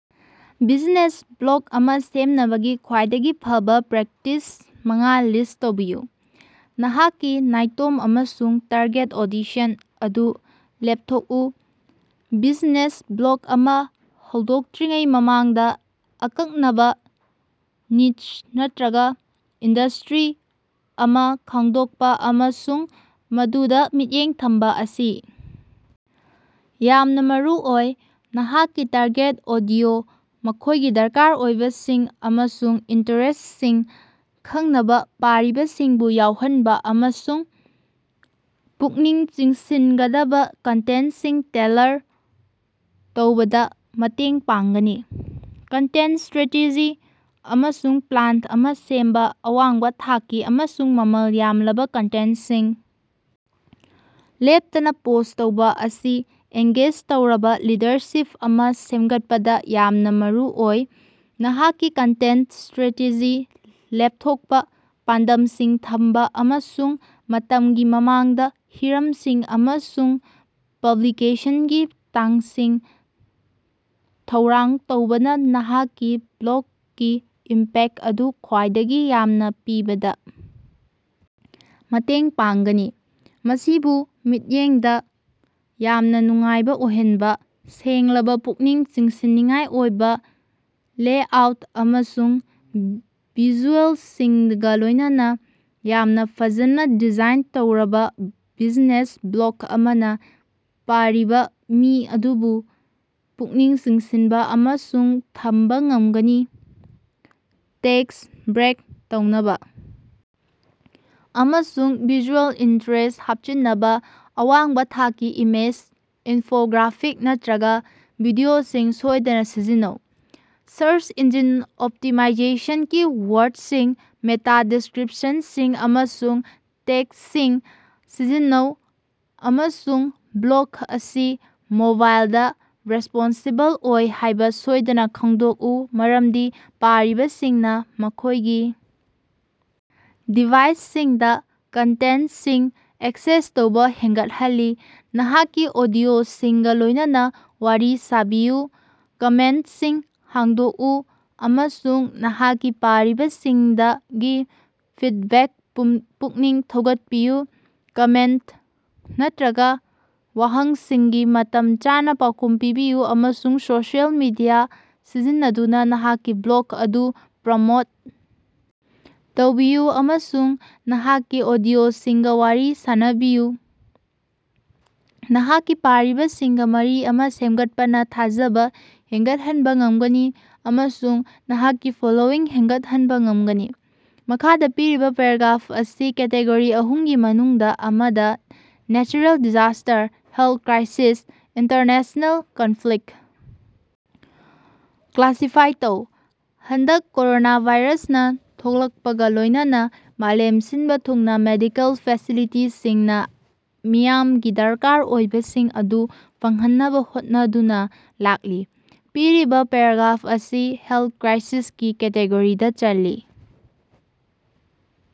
Business block ꯑꯃꯥ ꯁꯦꯝꯅꯕꯒꯤ ꯈ꯭ꯋꯥꯏꯗꯒꯤ ꯐꯕꯥ ꯄ꯭ꯔꯦꯛꯇꯤꯁ ꯃꯉꯥ ꯂꯤꯁ ꯇꯧꯕꯤꯌꯨ꯫ ꯅꯍꯥꯛꯀꯤ ꯅꯥꯏꯇꯣꯝ ꯑꯃꯁꯨꯡ ꯇꯥꯔꯒꯦꯠ ꯑꯣꯗꯤꯁꯟ ꯑꯗꯨ ꯂꯦꯞꯊꯣꯛꯎ: ꯕꯤꯖꯤꯅꯦꯁ ꯕ꯭ꯂꯣꯛ ꯑꯃꯥ ꯍꯧꯗꯣꯛꯇ꯭ꯔꯤꯉꯩ ꯃꯃꯥꯡꯗꯥ, ꯑꯀꯛꯅꯕꯥ ꯅꯤꯆ ꯅꯠꯇ꯭ꯔꯒꯥ ꯏꯟꯗꯁꯇ꯭ꯔꯤ ꯑꯃꯥ ꯈꯪꯗꯣꯛꯄꯥ ꯑꯃꯁꯨꯡ ꯃꯗꯨꯗꯥ ꯃꯤꯠꯌꯦꯡ ꯊꯝꯕꯥ ꯑꯁꯤ ꯌꯥꯝꯅꯥ ꯃꯔꯨꯑꯣꯏ꯫ ꯅꯍꯥꯛꯀꯤ ꯇꯥꯔꯒꯦꯠ ꯑꯣꯗꯤꯑꯣ, ꯃꯈꯣꯏꯒꯤ ꯗꯔꯀꯥꯔ ꯑꯣꯏꯕꯁꯤꯡ ꯑꯃꯁꯨꯡ ꯏꯟꯇꯔꯦꯁꯁꯤꯡ ꯈꯪꯅꯕ ꯄꯥꯔꯤꯕꯁꯤꯡꯕꯨ ꯌꯥꯎꯍꯟꯕꯥ ꯑꯃꯁꯨꯡ ꯄꯨꯛꯅꯤꯡ ꯆꯤꯡꯁꯤꯟꯒꯗꯕꯥ ꯀꯟꯇꯦꯟꯁꯤꯡ ꯇꯦꯜꯂꯔ ꯇꯧꯕꯗꯥ ꯃꯇꯦꯡ ꯄꯥꯡꯒꯅꯤ꯫ ꯀꯟꯇꯦꯟꯇ ꯁ꯭ꯇꯔꯦꯇꯦꯖꯤ ꯑꯃꯁꯨꯡ ꯄ꯭ꯂꯥꯟ ꯑꯃꯥ ꯁꯦꯝꯕꯥ: ꯑꯋꯥꯡꯕꯥ ꯊꯥꯛꯀꯤ ꯑꯃꯁꯨꯡ ꯃꯃꯜ ꯌꯥꯝꯂꯕꯥ ꯀꯟꯇꯦꯟꯇꯁꯤꯡ ꯂꯦꯞꯇꯅꯥ ꯄꯣꯁ ꯇꯧꯕꯥ ꯑꯁꯤ ꯑꯦꯡꯒꯦꯖ ꯇꯧꯔꯕꯥ ꯔꯤꯗꯔꯁꯤꯞ ꯑꯃꯥ ꯁꯦꯝꯒꯠꯄꯗꯥ ꯌꯥꯝꯅꯥ ꯃꯔꯨꯑꯣꯏ꯫ ꯅꯍꯥꯛꯀꯤ ꯀꯟꯇꯦꯟꯇ ꯁ꯭ꯇꯔꯦꯇꯦꯖꯤ ꯂꯦꯞꯊꯣꯛꯄꯥ, ꯄꯥꯟꯗꯝꯁꯤꯡ ꯊꯝꯕꯥ ꯑꯃꯁꯨꯡ ꯃꯇꯝꯒꯤ ꯃꯃꯥꯡꯗꯥ ꯍꯤꯔꯝꯁꯤꯡ ꯑꯃꯁꯨꯡ ꯄꯕ꯭ꯂꯤꯀꯦꯁꯟꯒꯤ ꯇꯥꯡꯁꯤꯡ ꯊꯧꯔꯥꯡ ꯇꯧꯕꯅꯥ ꯅꯍꯥꯛꯀꯤ ꯕ꯭ꯂꯣꯛꯀꯤ ꯏꯝꯄꯦꯛ ꯑꯗꯨ ꯈ꯭ꯋꯥꯏꯗꯒꯤ ꯌꯥꯝꯅꯥ ꯄꯤꯕꯗꯥ ꯃꯇꯦꯡ ꯄꯥꯡꯒꯅꯤ꯫ ꯃꯁꯤꯕꯨ ꯃꯤꯠꯌꯦꯡꯗꯥ ꯌꯥꯝꯅꯥ ꯅꯨꯡꯉꯥꯏꯕꯥ ꯑꯣꯏꯍꯟꯕꯥ: ꯁꯦꯡꯂꯕꯥ, ꯄꯨꯛꯅꯤꯡ ꯆꯤꯡꯁꯤꯟꯅꯤꯡꯉꯥꯏ ꯑꯣꯏꯕꯥ ꯂꯦꯑꯥꯎꯠ ꯑꯃꯁꯨꯡ ꯚꯤꯖꯨꯑꯦꯜꯁꯤꯡꯒꯥ ꯂꯣꯏꯅꯅꯥ ꯌꯥꯝꯅꯥ ꯐꯖꯅꯥ ꯗꯤꯖꯥꯏꯟ ꯇꯧꯔꯕꯥ ꯕꯤꯖꯤꯅꯦꯁ ꯕ꯭ꯂꯣꯛ ꯑꯃꯅꯥ ꯄꯥꯔꯤꯕꯥ ꯃꯤ ꯑꯗꯨꯕꯨ ꯄꯨꯛꯅꯤꯡ ꯆꯤꯡꯁꯤꯟꯕꯥ ꯑꯃꯁꯨꯡ ꯊꯝꯕꯥ ꯉꯝꯒꯅꯤ꯫ ꯇꯦꯛꯁ ꯕ꯭ꯔꯦꯛ ꯇꯧꯅꯕꯥ ꯑꯃꯁꯨꯡ ꯚꯤꯖꯨꯑꯦꯜ ꯏꯟꯇ꯭ꯔꯦꯁ ꯍꯥꯞꯆꯤꯟꯅꯕꯥ ꯑꯋꯥꯡꯕꯥ ꯊꯥꯛꯀꯤ ꯏꯃꯦꯖ, ꯏꯟꯐꯣꯒ꯭ꯔꯥꯐꯤꯛ ꯅꯠꯇ꯭ꯔꯒꯥ ꯚꯤꯗꯤꯑꯣꯁꯤꯡ ꯁꯣꯏꯗꯅꯥ ꯁꯤꯖꯤꯟꯅꯧ꯫ ꯁꯔꯁ ꯏꯟꯖꯤꯟ ꯑꯣꯞꯇꯤꯃꯥꯏꯖꯦꯁꯟ ꯀꯤ-ꯋꯥꯔꯗꯁꯤꯡ, ꯃꯦꯇꯥ ꯗꯤꯁꯀ꯭ꯔꯤꯞꯁꯟꯁꯤꯡ ꯑꯃꯁꯨꯡ ꯇꯦꯛꯁꯤꯡ ꯁꯤꯖꯤꯟꯅꯧ ꯑꯃꯁꯨꯡ ꯕ꯭ꯂꯣꯛ ꯑꯁꯤ ꯃꯣꯕꯥꯏꯜꯗꯥ ꯔꯦꯁꯄꯣꯟꯁꯤꯕꯜ ꯑꯣꯏ ꯍꯥꯏꯕꯥ ꯁꯣꯏꯗꯅꯥ ꯈꯪꯗꯣꯛꯎ, ꯃꯔꯝꯗꯤ ꯄꯥꯔꯤꯕꯁꯤꯡꯅꯥ ꯃꯈꯣꯏꯒꯤ ꯗꯤꯚꯥꯏꯁꯁꯤꯡꯗꯥ ꯀꯟꯇꯦꯟꯇꯁꯤꯡ ꯑꯦꯛꯁꯦꯁ ꯇꯧꯕꯥ ꯍꯦꯟꯒꯠꯍꯜꯂꯤ꯫ ꯅꯍꯥꯛꯀꯤ ꯑꯣꯗꯤꯑꯣꯁꯤꯡꯒꯥ ꯂꯣꯏꯅꯅꯥ ꯋꯥꯔꯤ ꯁꯥꯅꯕꯤꯌꯨ: ꯀꯃꯦꯟꯇꯁꯤꯡ ꯍꯥꯡꯗꯣꯛꯎ ꯑꯃꯁꯨꯡ ꯅꯍꯥꯛꯀꯤ ꯄꯥꯔꯤꯕꯁꯤꯡꯗꯒꯤ ꯐꯤꯠꯕꯦꯛ ꯄꯨꯛꯅꯤꯡ ꯊꯧꯒꯠꯄꯤꯌꯨ꯫ ꯀꯃꯦꯟꯇ ꯅꯠꯇ꯭ꯔꯒꯥ ꯋꯥꯍꯪꯁꯤꯡꯒꯤ ꯃꯇꯝ ꯆꯥꯅꯥ ꯄꯥꯎꯈꯨꯝ ꯄꯤꯕꯤꯌꯨ ꯑꯃꯁꯨꯡ ꯁꯣꯁꯤꯑꯦꯜ ꯃꯤꯗꯤꯌꯥ ꯁꯤꯖꯤꯟꯅꯗꯨꯅꯥ ꯅꯍꯥꯛꯀꯤ ꯕ꯭ꯂꯣꯛ ꯑꯗꯨ ꯄ꯭ꯔꯃꯣꯠ ꯇꯧꯕꯤꯌꯨ ꯑꯃꯁꯨꯡ ꯅꯍꯥꯛꯀꯤ ꯑꯣꯗꯤꯑꯣꯁꯤꯡꯒꯥ ꯋꯥꯔꯤ ꯁꯥꯅꯕꯤꯌꯨ꯫ ꯅꯍꯥꯛꯀꯤ ꯄꯥꯔꯤꯕꯁꯤꯡꯒꯥ ꯃꯔꯤ ꯑꯃꯥ ꯁꯦꯝꯒꯠꯄꯅꯥ ꯊꯥꯖꯕꯥ ꯍꯦꯟꯒꯠꯍꯟꯕꯥ ꯉꯝꯒꯅꯤ ꯑꯃꯁꯨꯡ ꯅꯍꯥꯛꯀꯤ ꯐꯣꯂꯣꯋꯤꯡ ꯍꯦꯟꯒꯠꯍꯟꯕꯥ ꯉꯝꯒꯅꯤ꯫ ꯃꯈꯥꯗꯥ ꯄꯤꯔꯤꯕꯥ ꯄꯦꯔꯥꯒ꯭ꯔꯥꯐ ꯑꯁꯤ ꯀꯦꯇꯦꯒꯣꯔꯤ ꯑꯍꯨꯝꯒꯤ ꯃꯅꯨꯡꯗꯥ ꯑꯃꯗꯥ (natural disaster, health crisis, international conflict) classify ꯇꯧ꯫ ꯍꯟꯗꯛ ꯀꯣꯔꯣꯅꯥꯚꯥꯏꯔꯁꯅꯥ ꯊꯣꯛꯂꯛꯄꯒꯥ ꯂꯣꯏꯅꯅꯥ ꯃꯥꯂꯦꯝ ꯁꯤꯟꯕꯥ ꯊꯨꯡꯅꯥ ꯃꯦꯗꯤꯀꯦꯜ ꯐꯦꯁꯤꯂꯤꯇꯤꯁꯤꯡꯅꯥ ꯃꯤꯌꯥꯝꯒꯤ ꯗꯔꯀꯥꯔ ꯑꯣꯏꯕꯁꯤꯡ ꯑꯗꯨ ꯐꯪꯍꯟꯅꯕꯥ ꯍꯣꯠꯅꯗꯨꯅꯥ ꯂꯥꯛꯂꯤ꯫ ꯄꯤꯔꯤꯕꯥ ꯄꯦꯔꯥꯒ꯭ꯔꯥꯐ ꯑꯁꯤ ꯍꯦꯜꯊ ꯀ꯭ꯔꯥꯏꯁꯤꯁꯀꯤ ꯀꯦꯇꯦꯒꯣꯔꯤꯗꯥ ꯆꯜꯂꯤ꯫